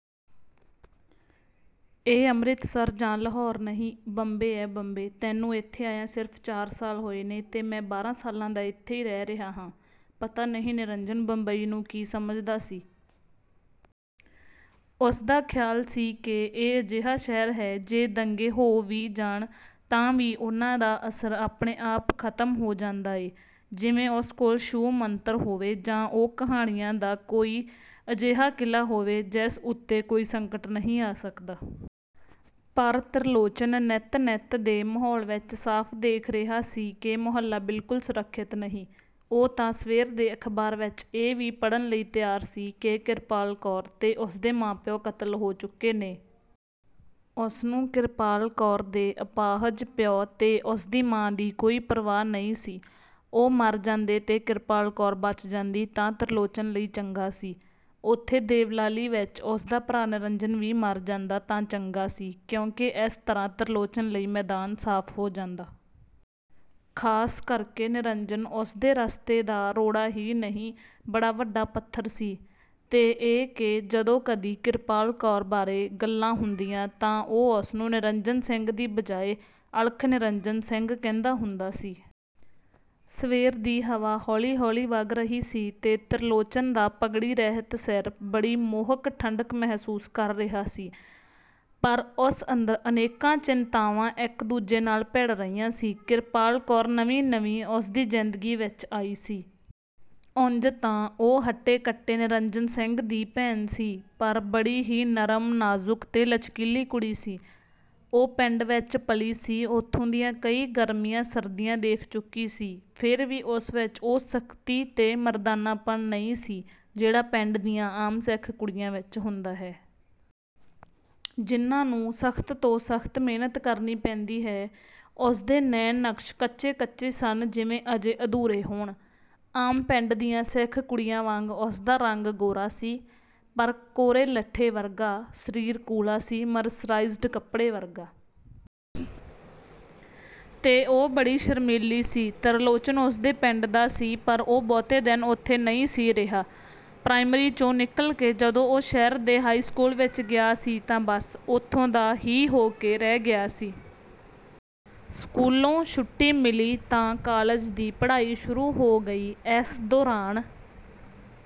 ਇਹ ਅੰਮ੍ਰਿਤਸਰ ਜਾਂ ਲਾਹੌਰ ਨਹੀਂ, ਬੰਬੇ ਐ, ਬੰਬੇ! ਤੈਨੂੰ ਇੱਥੇ ਆਇਆਂ ਸਿਰਫ਼ ਚਾਰ ਸਾਲ ਹੋਏ ਨੇ ਤੇ ਮੈਂ ਬਾਰ੍ਹਾਂ ਸਾਲਾਂ ਦਾ ਇੱਥੇ ਈ ਰਹਿ ਰਿਹਾਂ ਹਾਂ। 'ਪਤਾ ਨਹੀਂ ਨਿਰੰਜਨ ਬੰਬਈ ਨੂੰ ਕੀ ਸਮਝਦਾ ਸੀ। ਉਸਦਾ ਖਿਆਲ ਸੀ ਕਿ ਇਹ ਅਜਿਹਾ ਸ਼ਹਿਰ ਹੈ ਜੇ ਦੰਗੇ ਹੋ ਵੀ ਜਾਣ ਤਾਂ ਵੀ ਉਹਨਾਂ ਦਾ ਅਸਰ ਆਪਣੇ-ਆਪ ਖਤਮ ਹੋ ਜਾਂਦਾ ਏ, ਜਿਵੇਂ ਉਸ ਕੋਲ ਛੂ ਮੰਤਰ ਹੋਵੇ, ਜਾਂ ਉਹ ਕਹਾਣੀਆਂ ਦਾ ਕੋਈ ਅਜਿਹਾ ਕਿਲਾ ਹੋਵੇ, ਜਿਸ ਉੱਤੇ ਕੋਈ ਸੰਕਟ ਨਹੀਂ ਆ ਸਕਦਾ। ਪਰ ਤਿਰਲੋਚਨ ਨਿੱਤ-ਨਿੱਤ ਦੇ ਮਾਹੌਲ ਵਿਚ ਸਾਫ਼ ਦੇਖ ਰਿਹਾ ਸੀ ਕਿ ਮੁਹੱਲਾ ਬਿਲਕੁਲ ਸੁਰੱਖਿਅਤ ਨਹੀਂ। ਉਹ ਤਾਂ ਸਵੇਰ ਦੇ ਅਖ਼ਬਾਰ ਵਿਚ ਇਹ ਵੀ ਪੜ੍ਹਨ ਲਈ ਤਿਆਰ ਸੀ ਕਿ ਕਿਰਪਾਲ ਕੌਰ ਤੇ ਉਸਦੇ ਮਾਂ-ਪਿਉ ਕਤਲ ਹੋ ਚੁੱਕੇ ਨੇ। ਉਸਨੂੰ ਕਿਰਪਾਲ ਕੌਰ ਦੇ ਅਪਾਹਜ ਪਿਉ ਤੇ ਉਸਦੀ ਮਾਂ ਦੀ ਕੋਈ ਪ੍ਰਵਾਹ ਨਹੀਂ ਸੀ। ਉਹ ਮਰ ਜਾਂਦੇ ਤੇ ਕਿਰਪਾਲ ਕੌਰ ਬਚ ਜਾਂਦੀ ਤਾਂ ਤਿਰਲੋਚਨ ਲਈ ਚੰਗਾ ਸੀ। ਉੱਥੇ ਦੇਵਲਾਲੀ ਵਿਚ ਉਸਦਾ ਭਰਾ ਨਿਰੰਜਨ ਵੀ ਮਰ ਜਾਂਦਾ ਤਾਂ ਚੰਗਾ ਸੀ, ਕਿਉਂਕਿ ਇਸ ਤਰ੍ਹਾਂ ਤਿਰਲੋਚਨ ਲਈ ਮੈਦਾਨ ਸਾਫ਼ ਹੋ ਜਾਂਦਾ। ਖਾਸ ਕਰਕੇ ਨਿਰੰਜਨ ਉਸਦੇ ਰਸਤੇ ਦਾ ਰੋੜਾ ਹੀ ਨਹੀਂ, ਬੜਾ ਵੱਡਾ ਪੱਥਰ ਸੀ। ਤੇ ਇਹ ਕਿ ਜਦੋਂ ਕਦੀ ਕਿਰਪਾਲ ਕੌਰ ਬਾਰੇ ਗੱਲਾਂ ਹੁੰਦੀਆਂ ਤਾਂ ਉਹ ਉਸਨੂੰ ਨਿਰੰਜਨ ਸਿੰਘ ਦੀ ਬਜਾਏ ਅਲਖ ਨਿਰੰਜਨ ਸਿੰਘ ਕਹਿੰਦਾ ਹੁੰਦਾ ਸੀ। ਸਵੇਰ ਦੀ ਹਵਾ ਹੌਲੀ-ਹੌਲੀ ਵਗ ਰਹੀ ਸੀ ਤੇ ਤਿਰਲੋਚਨ ਦਾ ਪੱਗੜੀ ਰਹਿਤ ਸਿਰ ਬੜੀ ਮੋਹਕ ਠੰਢਕ ਮਹਿਸੂਸ ਕਰ ਰਿਹਾ ਸੀ। ਪਰ ਉਸ ਅੰਦਰ ਅਨੇਕਾਂ ਚਿੰਤਾਵਾਂ ਇਕ ਦੂਜੇ ਨਾਲ ਭਿੜ ਰਹੀਆਂ ਸਨ। ਕਿਰਪਾਲ ਕੌਰ ਨਵੀਂ-ਨਵੀਂ ਉਸਦੀ ਜ਼ਿੰਦਗੀ ਵਿਚ ਆਈ ਸੀ। ਉਂਜ ਤਾਂ ਉਹ ਹੱਟੇ-ਕੱਟੇ ਨਿਰੰਜਨ ਸਿੰਘ ਦੀ ਭੈਣ ਸੀ, ਪਰ ਬੜੀ ਹੀ ਨਰਮ, ਨਾਜ਼ੁਕ ਤੇ ਲਚਕੀਲੀ ਕੁੜੀ ਸੀ। ਉਹ ਪਿੰਡ ਵਿਚ ਪਲੀ ਸੀ। ਉੱਥੋਂ ਦੀਆਂ ਕਈ ਗਰਮੀਆਂ-ਸਰਦੀਆਂ ਦੇਖ ਚੁੱਕੀ ਸੀ, ਫੇਰ ਵੀ ਉਸ ਵਿਚ ਉਹ ਸਖਤੀ ਤੇ ਮਰਦਾਨਾਪਨ ਨਹੀਂ ਸੀ, ਜਿਹੜਾ ਪਿੰਡ ਦੀਆਂ ਆਮ ਸਿੱਖ ਕੁੜੀਆਂ ਵਿਚ ਹੁੰਦਾ ਹੈ। ਜਿਹਨਾਂ ਨੂੰ ਸਖ਼ਤ ਤੋਂ ਸਖ਼ਤ ਮਿਹਨਤ ਕਰਨੀ ਪੈਂਦੀ ਹੈ। ਉਸਦੇ ਨੈਣ-ਨਕਸ਼ ਕੱਚੇ-ਕੱਚੇ ਸਨ, ਜਿਵੇਂ ਅਜੇ ਅਧੂਰੇ ਹੋਣ। ਆਮ ਪਿੰਡ ਦੀਆ ਸਿੱਖ ਕੁੜੀਆਂ ਵਾਂਗ ਉਸਦਾ ਰੰਗ ਗੋਰਾ ਸੀ, ਪਰ ਕੋਰੇ ਲੱਠੇ ਵਰਗਾ, ਸਰੀਰ ਕੂਲਾ ਸੀ, ਮਰਸਰਾਈਜ਼ਡ ਕੱਪੜੇ ਵਰਗਾ। ਤੇ ਉਹ ਬੜੀ ਸ਼ਰਮੀਲੀ ਸੀ। ਤਿਰਲੋਚਨ ਉਸਦੇ ਪਿੰਡ ਦਾ ਸੀ, ਪਰ ਉਹ ਬਹੁਤੇ ਦਿਨ ਉੱਥੇ ਨਹੀਂ ਸੀ ਰਿਹਾ। ਪ੍ਰਾਇਮਰੀ 'ਚੋਂ ਨਿਕਲ ਕੇ ਜਦੋਂ ਉਹ ਸ਼ਹਿਰ ਦੇ ਹਾਈ ਸਕੂਲ ਵਿਚ ਗਿਆ ਸੀ ਤਾਂ ਬੱਸ, ਉੱਥੋਂ ਦਾ ਹੀ ਹੋ ਕੇ ਰਹਿ ਗਿਆ ਸੀ। ਸਕੂਲੋਂ ਛੁੱਟੀ ਮਿਲੀ ਤਾਂ ਕਾਲਜ ਦੀ ਪੜ੍ਹਾਈ ਸ਼ੁਰੂ ਹੋ ਗਈ। ਇਸ ਦੌਰਾਨ